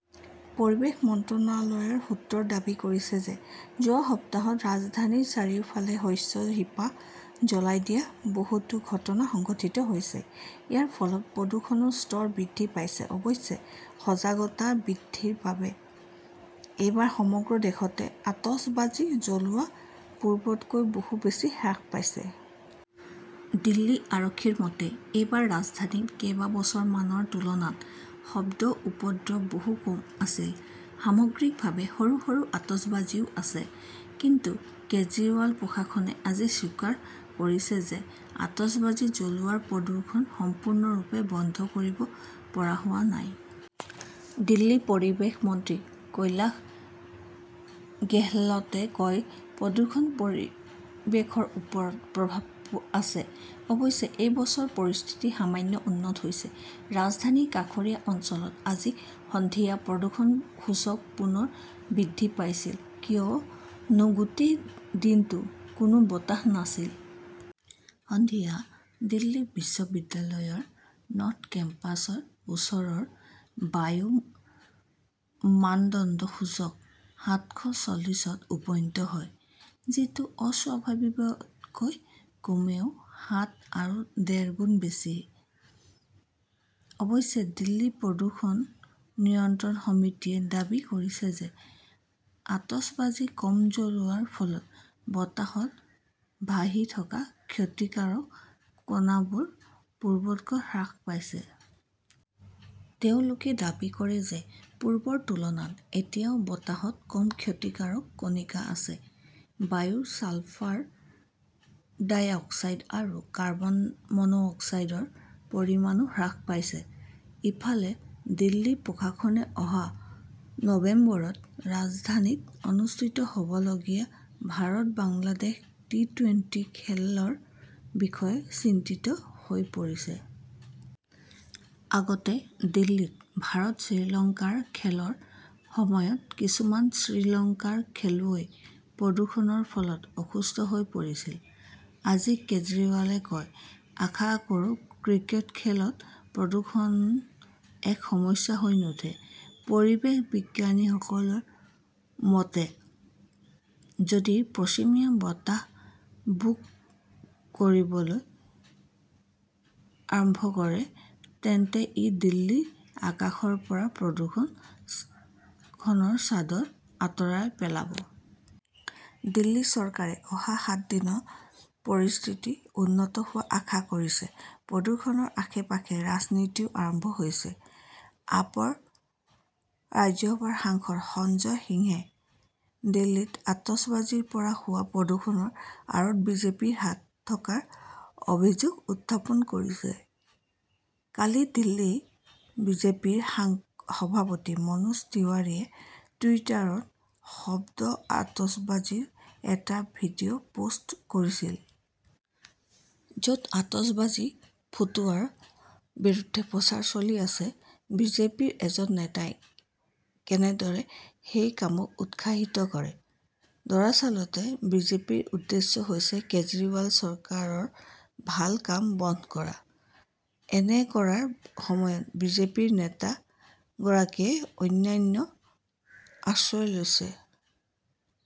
পৰিৱেশ মন্ত্ৰালয়ৰ সূত্ৰই দাবী কৰিছে যে যোৱা সপ্তাহত ৰাজধানীৰ চাৰিওফালে শস্যৰ শিপা জ্বলাই দিয়াৰ বহুতো ঘটনা সংঘটিত হৈছে। ইয়াৰ ফলত প্ৰদূষণৰ স্তৰ বৃদ্ধি পাইছে। অৱশ্যে, সজাগতা বৃদ্ধিৰ বাবে এইবাৰ সমগ্ৰ দেশতে আতচবাজি জ্বলোৱা পূৰ্বতকৈ বহু বেছি হ্ৰাস পাইছে। দিল্লী আৰক্ষীৰ মতে, এইবাৰ ৰাজধানীত কেইবছৰমানৰ তুলনাত শব্দৰ উপদ্ৰৱ বহু কম আছিল। সামগ্ৰিকভাৱে সৰু সৰু আতচবাজিও আছে। কিন্তু কেজৰিৱাল প্ৰশাসনে আজি স্বীকাৰ কৰিছে যে আতচবাজী জ্বলোৱাৰ প্ৰদূষণ সম্পূৰ্ণৰূপে বন্ধ কৰিব পৰা হোৱা নাই। দিল্লীৰ পৰিৱেশ মন্ত্ৰী কৈলাশ গেহলটে কয়, "প্ৰদূষণৰ পৰিৱেশৰ ওপৰত প্ৰভাৱ আছে। অৱশ্যে, এই বছৰ পৰিস্থিতি সামান্য উন্নত হৈছে। "ৰাজধানীৰ কাষৰীয়া অঞ্চলত আজি সন্ধিয়া প্ৰদূষণৰ সূচক পুনৰ বৃদ্ধি পাইছিল কিয়নো গোটেই দিনটো কোনো বতাহ নাছিল। সন্ধিয়া দিল্লী বিশ্ববিদ্যালয়ৰ নৰ্থ কেম্পাছৰ ওচৰৰ বায়ুৰ মানদণ্ড সূচক সাতশ চল্লিছত উপনীত হয়। যিটো স্বাভাৱিকতকৈ কমেও সাত আৰু ডেৰ গুণ বেছি। অৱশ্যে, দিল্লী প্ৰদূষণ নিয়ন্ত্ৰণ সমিতিয়ে দাবী কৰিছে যে আতচবাজি কম জ্বলোৱাৰ ফলত বতাহত ভাহি থকা ক্ষতিকাৰক কণাবোৰ পূৰ্বতকৈ হ্ৰাস পাইছে। তেওঁলোকে দাবী কৰে যে পূৰ্বৰ তুলনাত এতিয়া বতাহত কম ক্ষতিকাৰক কণিকা আছে। বায়ুৰ ছালফাৰ ডাই অক্সাইড আৰু কাৰ্বন মনো অক্সাইডৰ পৰিমাণও হ্ৰাস পাইছে। ইফালে, দিল্লী প্ৰশাসনে অহা নৱেম্বৰত ৰাজধানীত অনুষ্ঠিত হ'বলগীয়া ভাৰত-বাংলাদেশ টি-টোৱেন্টি খেলৰ বিষয়ে চিন্তিত হৈ পৰিছে। আগতে দিল্লীত ভাৰত-শ্ৰীলংকাৰ খেলৰ সময়ত কিছুমান শ্ৰীলংকাৰ খেলুৱৈ প্ৰদূষণৰ ফলত অসুস্থ হৈ পৰিছিল। আজি কেজৰিৱালে কয়, "আশা কৰোঁ ক্ৰিকেট খেলত প্ৰদূষণ এক সমস্যা হৈ নুঠে। পৰিৱেশ বিজ্ঞানীসকলৰ মতে, যদি পশ্চিমীয়া বতাহ বুক কৰিবলৈ আৰম্ভ কৰে তেন্তে ই দিল্লীৰ আকাশৰ পৰা প্ৰদূষণৰ চাদৰ আঁতৰাই পেলাব। দিল্লী চৰকাৰে অহা সাত দিনত পৰিস্থিতি উন্নত হোৱাৰ আশা কৰিছে। প্ৰদূষণৰ আশে-পাশে ৰাজনীতিও আৰম্ভ হৈছে। আপৰ ৰাজ্যসভাৰ সাংসদ সঞ্জয় সিঙে দিল্লীত আতচবাজিৰ পৰা হোৱা প্ৰদূষণৰ আঁৰত বিজেপিৰ হাত থকাৰ অভিযোগ উত্থাপন কৰিছে। কালি দিল্লী বিজেপিৰ সভাপতি মনোজ তিৱাৰীয়ে টুইটাৰত শব্দ আতচবাজিৰ এটা ভিডিঅ পোষ্ট কৰিছিল। য'ত আতচবাজি ফুটুৱাৰ বিৰুদ্ধে প্ৰচাৰ চলি আছে, বিজেপিৰ এজন নেতাই কেনেদৰে সেই কামক উৎসাহিত কৰে! দৰাচলতে, বিজেপিৰ উদ্দেশ্য হৈছে কেজৰিৱাল চৰকাৰৰ ভাল কাম বন্ধ কৰা। এনে কৰাৰ সময়ত বিজেপি নেতা গৰাকীয়ে অন্যায়ৰ আশ্ৰয় লৈছে।